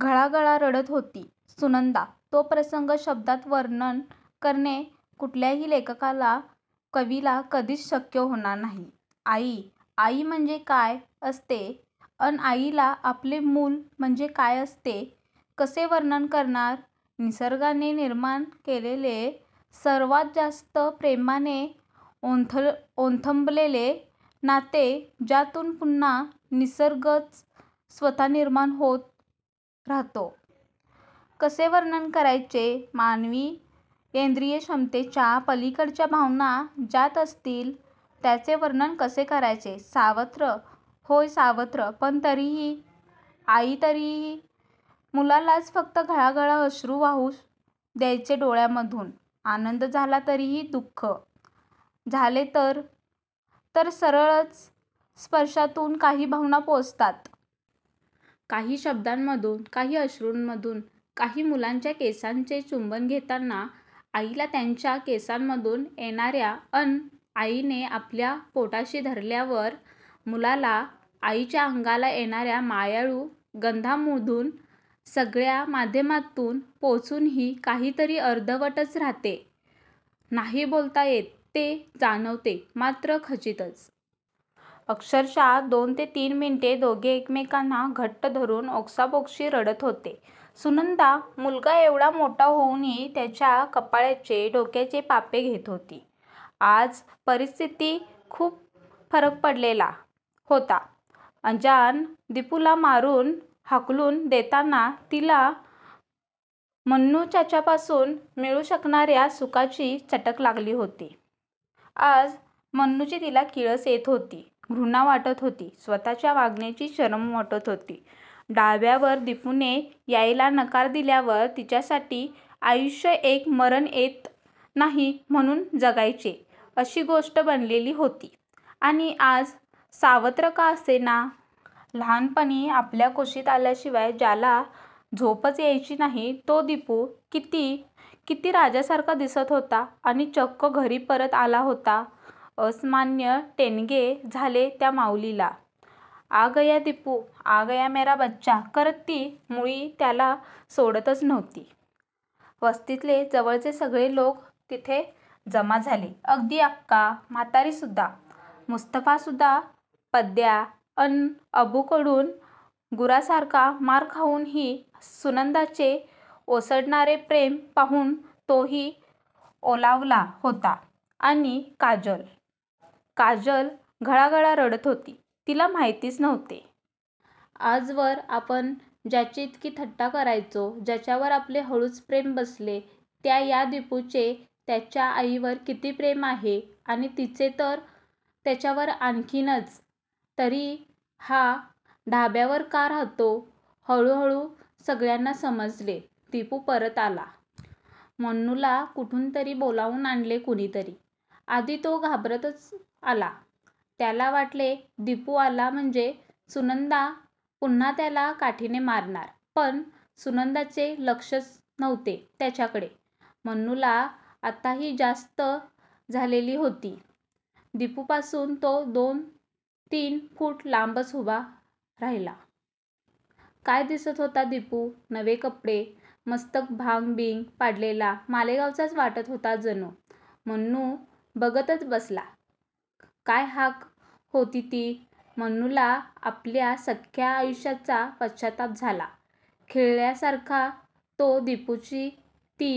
घळाघळा रडत होती सुनंदा तो प्रसंग शब्दात वर्णन करणे कुठल्याही लेखकाला कवीला कधीच शक्य होणार नाही. आई! आई म्हणजे काय असते. अन आईला आपले मूल म्हणजे काय असते. कसे वर्णन करणार? निसर्गाने निर्माण केलेले सर्वात जास्त प्रेमाने ओथंबलेले नाते ज्यातून पुन्हा निसर्गच स्वतः निर्माण होत राहतो. कसे वर्णन करायचे? मानवी ऐंद्रीय क्षमतेच्या पलीकडच्या भावना ज्यात असतील. त्याचे वर्णन कसे करायचे? सावत्र? होय! सावत्र! पण तरीही आई तरीही मुलगाच फक्त घळाघळा अश्रू वाहू द्यायचे डोळ्यांमधून! आनंद झाला तरीही दु:ख झाले तर तर सरळच स्पर्शातून काही भावना पोचतात. काही शब्दांमधून काही अश्रूंमधून काही मुलाच्या केसांचे चुंबन घेताना आईला त्याच्या केसांमधून येणार्या अन आईने आपल्या पोटाशी धरल्यावर मुलाला आईच्या अंगाला येणार्या मायाळू गंधामधून सगळ्या माध्यमातून पोचूनही काहीतरी अर्धवटच राहते. नाही बोलता येत ते जाणवते मात्र खचितच! अक्षरशः दोन ते तीन मिनिटे दोघे एकमेकांना घट्ट धरून ओक्साबोक्षी रडत होते. सुनंदा मुलगा एवढा मोठा होऊनही त्याच्या कपाळाचे, डोक्याचे पापे घेत होती. आज परिस्थितीत खूप फरक पडलेला होता. अजाण दिपूला मारून हाकलून देताना तिला मन्नूचाचापासून मिळू शकणार्या सुखाची चटक लागली होती. आज मन्नूची तिला किळस येत होती. घृणा वाटत होती. स्वतःच्या वागण्याची शरम वाटत होती. ढाब्यावर दिपूने यायला नकार दिल्यावर तिच्यासाठी आयुष्य एक 'मरण येत नाही म्हणून जगायचे' अशी गोष्ट बनलेली होती आणि आज सावत्र का असेना. लहानपणी आपल्या कुशीत आल्याशिवाय ज्याला झोपच यायची नाही तो दिपू. कित्ती कित्ती राजासारखा दिसत होता आणि चक्क घरी परत आला होता. अस्मान ठेंगणे झाले त्या माउलीला. 'आगया दिपू, आगया मेरा बच्चा' करत ती मुळी त्याला सोडतच नव्हती. वस्तीतले जवळचे सगळे लोक तिथे जमा झाले. अगदी आक्का म्हातारी सुद्धा! मुस्तफासुद्धा! पद्या अन अबूकडून गुरासारखा मार खाऊनही सुनंदाचे ओसंडणारे प्रेम पाहून तोही ओलावला होता आणि काजल? काजल घळघळा रडत होती. तिला माहीतच नव्हते. आजवर आपण ज्याची इतकी थट्टा करायचो. ज्याच्यावर आपले हळूच प्रेम बसले. त्या या दिपूचे त्याच्या आईवर किती प्रेम आहे आणि तिचे तर त्याच्यावर आणखीनच. तरी हा ढाब्यावर का राहतो? हळूहळू सगळ्यांना समजले. दिपू परत आला. मन्नूला कुठूनतरी बोलावून आणले कुणीतरी! आधी तो घाबरतच आला. त्याला वाटले दिपू आला म्हणजे सुनंदा पुन्हा त्याला काठीने मारणार! पण सुनंदाचे लक्षच नव्हते त्याच्याकडे! मन्नूला आत्ताही जास्त झालेली होती. दिपूपासून तो दोन तीन फूट लांबच उभा राहिला. काय दिसत होता दिपू! नवे कपडे, मस्त भांग बिंग पाडलेला! मालेगावचाच वाटत होता जणू! मन्नू बघतच बसला. काय हाक होती ती! मन्नूला आपल्या अख्ख्या आयुष्याचा पश्चात्ताप झाला. खिळल्यासारखा तो दिपूची ती